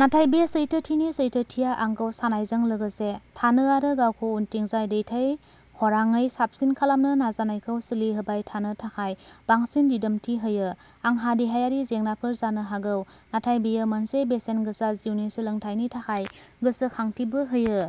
नाथाय बे सैथोथिनि सैथोथिया आंखौ सानायजों लोगोसे थानो आरो गावखौ उनथिंजाय दैथायहराङै साबसिन खालामनो नाजानायखौ सोलिहोबाय थानो थाखाय बांसिन दिदोमथि होयो। आंहा देहायारि जेंनाफोर जानो हागौ, नाथाय बेयो मोनसे बेसेनगोसा जिउनि सोलोंथायनि थाखाय गोसोखांथिबो होयो।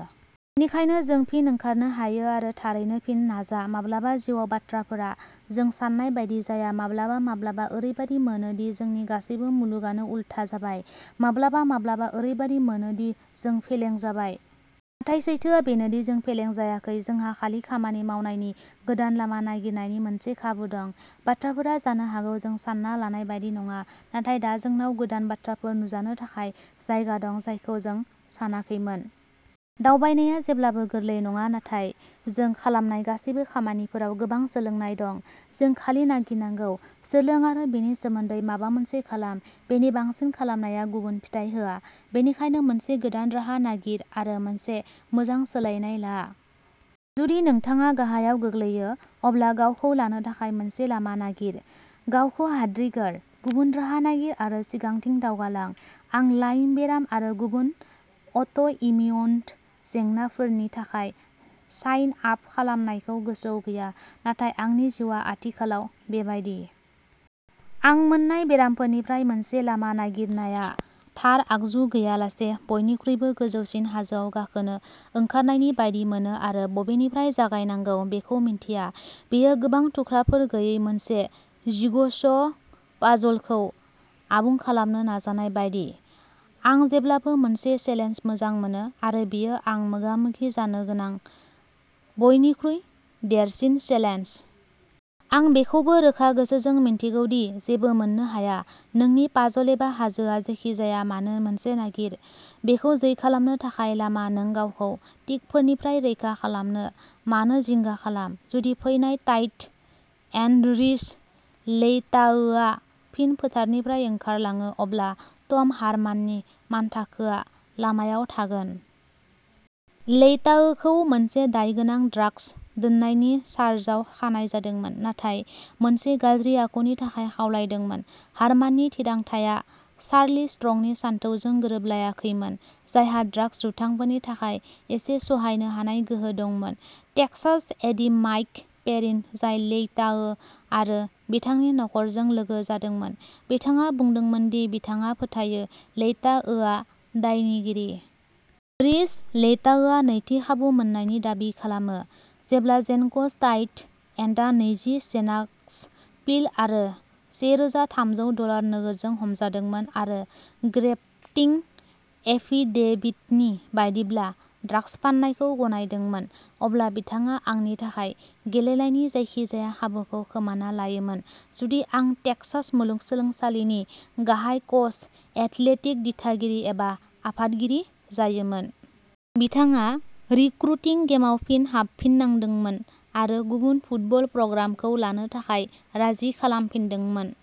बेनिखायनो जों फिन ओंखारनो हायो आरो थारैनो फिन नाजा। माब्लाबा जिउआव बाथ्राफोरा जों सान्नाय बायदि जाया। माब्लाबा माब्लाबा ओरैबादि मोनो दि जोंनि गासै मुलुगानो उलथा जाबाय। माब्लाबा माब्लाबा ओरैबादि मोनो दि जों फेलें जाबाय। नाथाय सैथोआ बेनो दि, जों फेलें जायाखै। जोंहा खालि खामानि मावनायनि गोदान लामा नागिरनायनि मोनसे खाबु दं। बाथ्राफोरा जानो हागौ जों सानना लानाय बायदि नङा नाथाय दा जोंनाव गोदान बाथ्राफोर नुजानो थाखाय जायगा दं जायखौ जों सानाखैमोन। दावबायनाया जेब्लाबो गोरलै नङा नाथाय जों खालामनाय गासैबो खामानिफोराव गोबां सोलोंनाय दं। जों खालि नागिरनांगौ। सोलों आरो बेनि सोमोन्दै माबा मोनसे खालाम। बेनि बांसिन खालामनाया गुबुन फिथाय होआ। बेनिखायनो मोनसे गोदान राहा नागिर आरो मोनसे मोजां सोलायनाय ला। जुदि नोंथाङा गाहायाव गोग्लैयो, अब्ला गावखौ लानो थाखाय मोनसे लामा नागिर, गावखौ हाद्रि गार, गुबुन राहा नागिर आरो सिगांथिं दावगालां। आं लाइम बेराम आरो गुबुन अट'इमिउन जेंनाफोरनि थाखाय साइन आप खालामनायखौ गोसोआव गैया, नाथाय आंनि जिउआ आथिखालाव बेबायदि। आं मोननाय बेरामफोरनिफ्राय मोनसे लामा नागिरनाया थार आगजु गैयालासे बयनिख्रुइबो गोजौसिन हाजोआव गाखोनो ओंखारनायनि बायदि मोनो आरो बबेनिफ्राय जागायनांगौ बेखौ मिन्थिया। बेयो गोबां थुख्राफोर गैयै मोनसे जिगस' पाजलखौ आबुं खालामनो नाजानाय बायदि। आं जेब्लाबो मोनसे चेलेन्ज मोजां मोनो आरो बेयो आं मोगा-मोगि जानो गोनां बयनिख्रुइ देरसिन चेलेन्ज। आं बेखौबो रोखा गोसोजों मिन्थिगौ दि जेबो मोननो हाया। नोंनि पाजल एबा हाजोआ जेखि जाया मानो मोनसे नागिर। बेखौ जै खालामनो थाखाय लामा। नों गावखौ टिकफोरनिफ्राय रैखा खालामनो मानो जिंगा खालाम। जुदि फैनाय टाइट एन्ड रिस लेइताओआ फिन फोथारनिफ्राय ओंखारलाङो, अब्ला टम हारमाननि मानथाखोआ लामायाव थागोन। लेइताओखौ मोनसे दायगोनां ड्रागस दोननायनि चार्जाव खानाय जादोंमोन, नाथाय मोनसे गाज्रि आखुनि थाखाय खावलायदोंमोन। हारमाननि थिरांथाआ चार्लि स्ट्रंनि सानथौजों गोरोबलायाखैमोन, जायहा ड्रागस दुथांफोरनि थाखाय एसे सहायनो हानाय गोहो दंमोन। टेक्सास एडि माइक पेरिन, जाय लेइताओ आरो बिथांनि नखरजों लोगो जादोंमोन, बिथाङा बुंदोंमोन दि बिथाङा फोथायो लेइटाओआ दायनिगिरि। रिस लेइताओआ नैथि खाबु मोन्नायनि दाबि खालामो। जेब्ला जेन्कस टाइट एन्डआ नैजि जेनाक्स पिल आरो से रोजा थामजौ डलार नोगोदजों हमजादोंमोन आरो, ग्रेप्तिं एफिडेविटनि बायदिब्ला, ड्रागस फाननायखौ गनायदोंमोन, अब्ला बिथाङा आंनि थाखाय गेलेनायनि जायखिजाया खाबुखौ खोमाना लायोमोन जुदि आं टेक्सास मुलुगसोलोंसालिनि गाहाय कच, एथलेटिक दिथागिरि एबा आफादगिरि जायोमोन। बिथाङा रिक्रुटिं गेमआव फिन हाबफिननांदोंमोन आरो गुबुन फुटबल प्रग्रामखौ लानो थाखाय राजि खालामफिनदोंमोन।